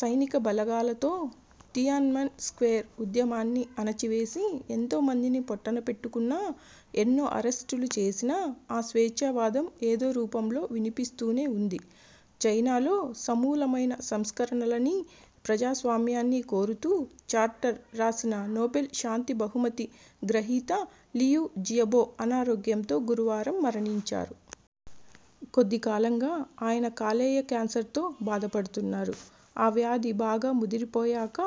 సైనికబలగాలతో Tiananmen Square ఉద్యమాన్ని అణచివేసి ఎంతోమందిని పొట్టనపెట్టుకున్నా, ఎన్నో అరెస్టులు చేసినా ఆ స్వేచ్ఛావాదం ఏదో రూపంలో వినిపిస్తూనే ఉంది. చైనాలో సమూలమైన సంస్కరణలనీ, ప్రజాస్వామ్యాన్నీ కోరుతూ 'చార్టర్ ' రాసిన నోబెల్ శాంతి బహుమతి గ్రహీత లియు జియబో అనారోగ్యంతో గురువారం మరణించారు. కొద్దికాలంగా ఆయన కాలేయ క్యాన్సర్తో బాధపడుతున్నారు. ఆ వ్యాధి బాగా ముదిరిపోయాక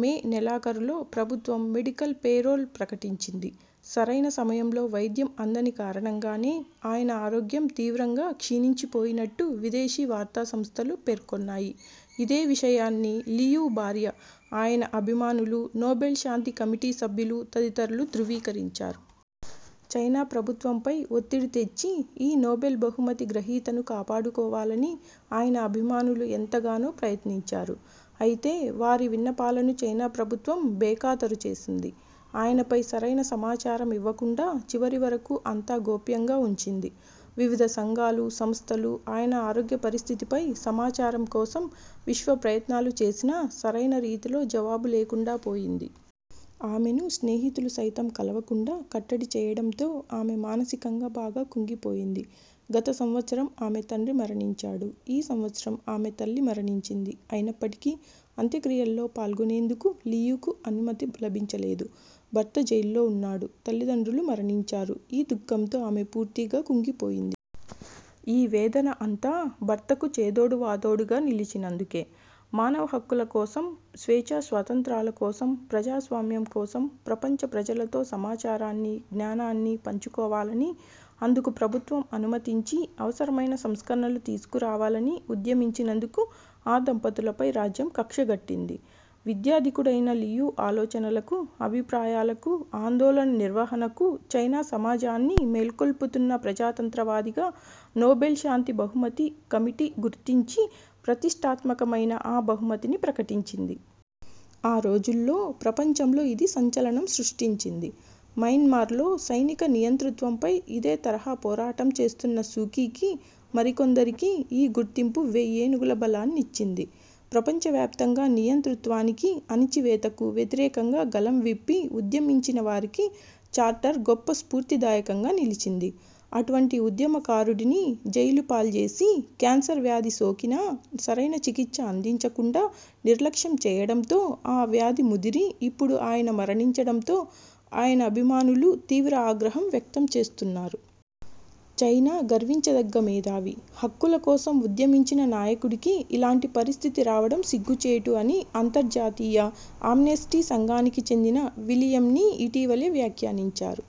మే నెలాఖరులో ప్రభుత్వం మెడికల్ పేరోల్ ప్రకటించింది. సరైన సమయంలో వైద్యం అందని కారణంగానే ఆయన ఆరోగ్యం తీవ్రంగా క్షీణించిపోయినట్టు విదేశీ వార్తాసంస్థలు పేర్కొన్నాయి. ఇదే విషయాన్ని లియు భార్య, ఆయన అభిమానులు, నోబెల్ శాంతి కమిటీ సభ్యులు తదితరులు ధ్రువీకరించారు. చైనా ప్రభుత్వంపై ఒత్తిడి తెచ్చి ఈ నోబెల్ బహుమతి గ్రహీతను కాపాడుకోవాలని ఆయన అభిమానులు ఎంతగానో ప్రయత్నించారు. అయితే, వారి విన్నపాలను చైనా ప్రభుత్వం బేఖాతరు చేసింది. ఆయనపై సరైన సమాచారం ఇవ్వకుండా చివరివరకూ అంతా గోప్యంగా ఉంచింది. వివిధ సంఘాలు–సంస్థలు ఆయన ఆరోగ్యపరిస్థితిపై సమాచారం కోసం విశ్వప్రయత్నాలు చేసినా సరైన రీతిలో జవాబు లేకుండాపోయింది. ఆమెను స్నేహితులు సైతం కలువకుండా కట్టడి చేయడంతో ఆమె మానసికంగా బాగా కుంగిపోయింది. గత సంవత్సరం ఆమె తండ్రి మరణించాడు. ఈ సంవత్సరం ఆమె తల్లి మరణించింది. అయినప్పటికీ అంత్యక్రియల్లో పాల్గొనేందుకు లియుకు అనుమతి లభించలేదు. భర్త జైల్లో ఉన్నాడు, తల్లిదండ్రులు మరణించారు. ఈ దుఃఖంతో ఆమె పూర్తిగా కుంగిపోయింది. ఈ వేదన అంతా భర్తకు చేదోడువాదోడుగా నిలిచినందుకే. మానవ హక్కులకోసం, స్వేచ్ఛస్వాతంత్ర్యాల కోసం, ప్రజాస్వామ్యం కోసం, ప్రపంచ ప్రజలతో సమాచారాన్ని, జ్ఞానాన్ని పంచుకోవాలని, అందుకు ప్రభుత్వం అనుమతించి అవసరమైన సంస్కరణలు తీసుకురావాలని ఉద్యమించినందుకు ఆ దంపతులపై 'రాజ్యం' కక్షగట్టింది. విద్యాధికుడైన లియు ఆలోచనలకు, అభిప్రాయాలకు, ఆందోళన నిర్వహణకు, చైనా సమాజాన్ని మేల్కొల్పుతున్న ప్రజాతంత్రవాదిగా నోబెల్శాంతి బహుమతి కమిటీ గుర్తించి ప్రతిష్ఠాత్మకమైన ఆ బహుమతిని ప్రకటించింది. ఆ రోజుల్లో ప్రపంచంలో ఇది సంచలనం సృష్టించింది. మైన్మార్లో సైనిక నియంతృత్వంపై ఇదే తరహా పోరాటం చేస్తున్న సూకీకి మరికొందరికి ఈ గుర్తింపు వెయ్యేనుగుల బలాన్ని ఇచ్చింది. ప్రపంచవ్యాప్తంగా నియంతృత్వానికి, అణచివేతకు వ్యతిరేకంగా గళం విప్పి ఉద్యమించినవారికి 'చార్టర్ ' గొప్ప స్ఫూర్తిదాయకంగా నిలిచింది. అటువంటి ఉద్యమకారుడిని జైలుపాల్జేసి, క్యాన్సర్ వ్యాధి సోకినా సరైన చికిత్స అందించకుండా నిర్లక్ష్యం చేయడంతో ఆ వ్యాధి ముదిరి, ఇప్పుడు ఆయన మరణించడంతో ఆయన అభిమానులు తీవ్ర ఆగ్రహం వ్యక్తం చేస్తున్నారు. చైనా గర్వించదగ్గ మేధావి, హక్కులకోసం ఉద్యమించిన నాయకుడికి ఇలాంటి పరిస్థితి రావడం సిగ్గుచేటు అని అంతర్జాతీయ ఆమ్నెస్టీ సంఘానికి చెందిన విలియంనీ ఇటీవలే వ్యాఖ్యానించారు.